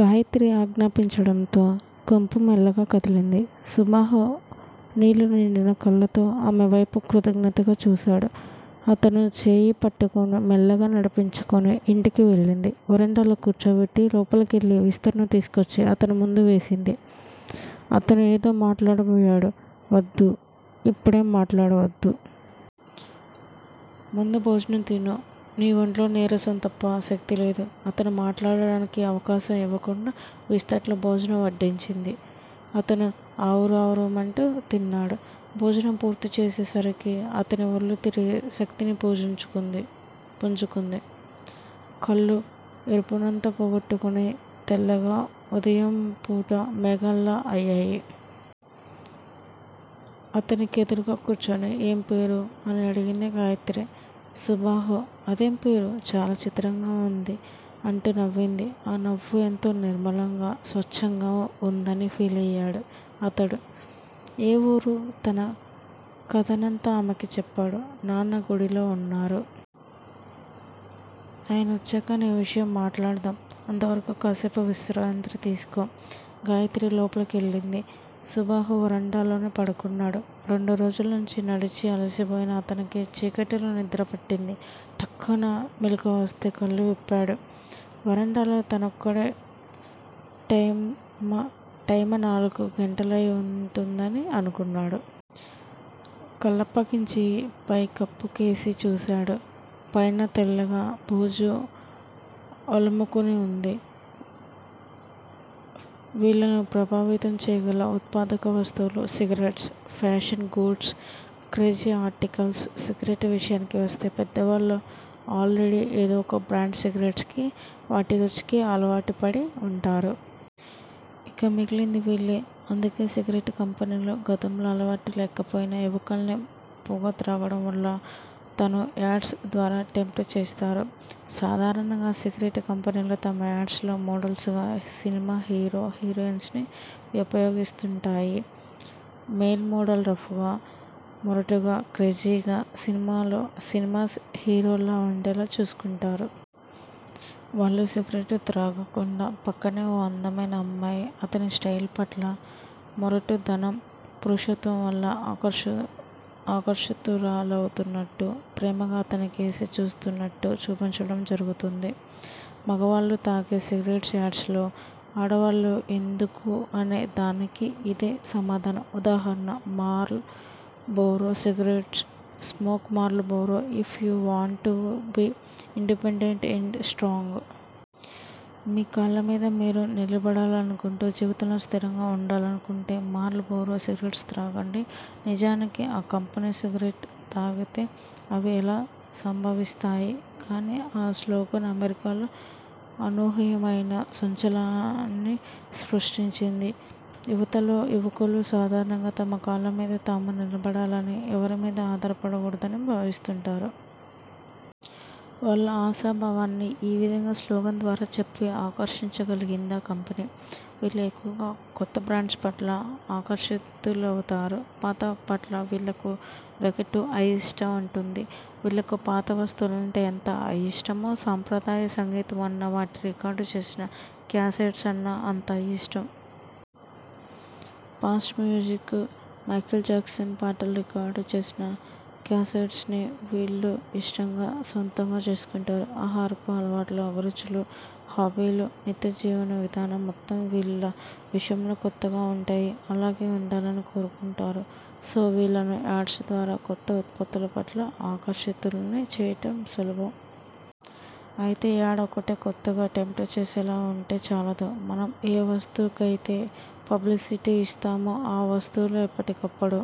గాయత్రి ఆజ్ఞాపించడంతో గుంపు మెల్లగా కదిలింది. సుబాహు నీళ్ళు నిండిన కళ్ళతో ఆమెవైపు కృతజ్ఞతగా చూశాడు. అతని చేయి పట్టుకుని మెల్లగా నడిపించుకుని ఇంటికి వెళ్ళింది. వరండాలో కూర్చోబెట్టి లోపలికెళ్ళి విస్తరను తీసుకొచ్చి అతను ముందు వేసింది. అతను ఏదో మాట్లాడబోయాడు. ఒద్దు. ఇప్పుడేం మాట్లాడవద్దు. ముందు భోజనం తిను. నీ ఒంట్లో నీరసం తప్ప శక్తిలేదు. అతను మాట్లాడడానికి అవకాశం ఇవ్వకుండా విస్తట్లో భోజనం వడ్డించింది. అతను ఆవురావురుమంటూ తిన్నాడు. భోజనం పూర్తి చేసేసరికి అతని ఒళ్ళు తిరిగి శక్తిని పుంజుకుంది. కళ్ళు ఎరుపునంతా పోగొట్టుకుని తెల్లగా ఉదయంపూట మేఘాల్లా అయ్యాయి. అతని కెదురుగ్గా కూర్చుని ఏం పేరు? అని అడిగింది గాయత్రి. సుబాహు అదేం పేరు? చాలా చిత్రంగా వుందే అంటూ నవ్వింది. ఆ నవ్వు ఎంతో నిర్మలంగా, స్వచ్చంగా వుందని ఫీలయ్యాడు అతను. ఏ వూరు? తన కథనంతా ఆమెకు చెప్పాడు. నాన్న గుడిలో వున్నారు. ఆయనొచ్చాక నీ విషయం మాట్లాడుదాం అంతవరకు కాసేపు విశ్రాంతి తీసుకో. గాయత్రి లోపలి కెళ్లింది. సుబాహు వరండాలోనే పడుకున్నాడు. రెండు రోజుల నుంచి నడిచి అలసిపోయిన అతనికి చికటీలో నిద్రపట్టింది. ఠక్కున మెలకువ వస్తే కళ్ళు విప్పాడు. వరండాలో తనొక్కడే. టైమ నాలుగు గంటలై వుంటుందని అనుకున్నాడు. కళ్ళప్పగించి, పై కప్పుకేసి చూశాడు. పైన తెల్లగా బూజు అలుముకుని వుంది. వీళ్ళను ప్రభావితం చేయగల ఉత్పాదక వస్తువులు cigarettes, fashion goods, crazy articles cigarette విషయానికి వస్తే పెద్దవాళ్ళు ఆల్ రెడీ ఏదో ఒక బ్రాండ్ సిగరెట్స్ కి, వాటి రుచికి అలవాటుపడి వుంటారు. ఇక మిగిలింది వీళ్ళే. అందుకే సిగరెట్ కంపెనీలు గతంలో అలవాటు లేకపోయినా యువకుల్ని పొగ త్రాగటంవల్ల తను యాడ్స్ ద్వారా టెంప్ట్ చేస్తారు. సాధారణంగా సిగరెట్ కంపెనీలు తమ యాడ్స్ లో మోడల్స్ గా సినిమా హీరో హీరోయిన్స్ ని ఉపయోగిస్తుంటాయి. మేల్ మోడల్ రఫ్ గా, మొరటుగా, క్రేజీగా, సినిమా హీరోలా వుండేలా చూసుకుంటారు. వాళ్ళు సిగరెట్ త్రాగుతుండగా ప్రక్కనే ఓ అందమైన అమ్మాయి అతని స్టయిల్ పట్ల, మొరటుదనం, పురుషత్వం వల్ల ఆకర్షితురాలవుతున్నట్టు, ప్రేమగా అతనికేసి చూస్తున్నట్టు చూపించటం జరుగుతుంది. మగవాళ్ళు తాగే సిగరెట్స్ యాడ్స్ లో ఆడవాల్లు ఎందుకు అనే దానికి ఇదే సమాధానం. ఉదాహరణ- Marlboro cigarettes smoke Marlboro if you want to be independent and strong. మీ కాళ్ళమీద మీరు నిలబడాలనుకుంటూ, జీవితంలో స్థిరంగా వుండాలనుకుంటే మార్ల్ బోరో సిగరెట్స్ త్రాగండి. నిజానికి ఆ కంపెనీ సిగరెట్ త్రాగితే అవి ఎలా సంభవిస్తాయి? కాని ఈ స్లోగన్ అమెరికాలో అనూహ్యమైన సంచలనాన్ని సృష్టించింది యువతలో. యువకులు సాధారణంగా తమ కాళ్ళమీద తాము నిలబడాలని, ఎవరిమీదా ఆధారపడకూడదని భావిస్తుంటారు. వాళ్ళ ఆశాభావాన్ని యీ విధంగా స్లోగన్ ద్వారా చెప్పి ఆకర్షించగలిగిందా కంపెనీ. వీళ్ళు ఎక్కువగా కొత్త బ్రాండ్స్ పట్ల ఆకర్షితులవుతారు. పాతపట్ల వీళ్ళకు వెగటు, అయిష్టత వుంటుంది. వీళ్ళకు పాత వస్తువులంటే ఎంత అయిష్టమో, సంప్రదాయ సంగీతం అన్నా వాటిని రికార్డ్ చేసిన క్యాసెట్స్ అన్నా అంత అయిష్టం. ఫాస్ట్ మ్యూజిక్, మైకేల్ జాక్సన్ పాటలు రికార్డ్ చేసిన క్యాసెట్స్ ని వీళ్ళు ఇష్టంగా, సొంతంగా చేసుకుంటారు. ఆహారపు అలవాట్లు, అభిరుచులు, హాబీలు, నిత్య జీవన విధానం మొత్తం వీళ్ళ విషయంలో కొత్తగా వుంటాయి. అలాగే వుండాలని కోరుకుంటారు. సో వీళ్ళను యాడ్స్ ద్వారా కొత్త ఉత్పత్తులపట్ల ఆకర్షితుల్ని చేయటం సులభం. అయితే యాడ్ ఒక్కటే కొత్తగా, టెంప్ట్ చేసేలా వుంటేచాలదు. మనం ఏ వస్తువుకయితే పబ్లిసిటీ యిస్తామో ఆ వస్తువులు ఎప్పటికప్పుడు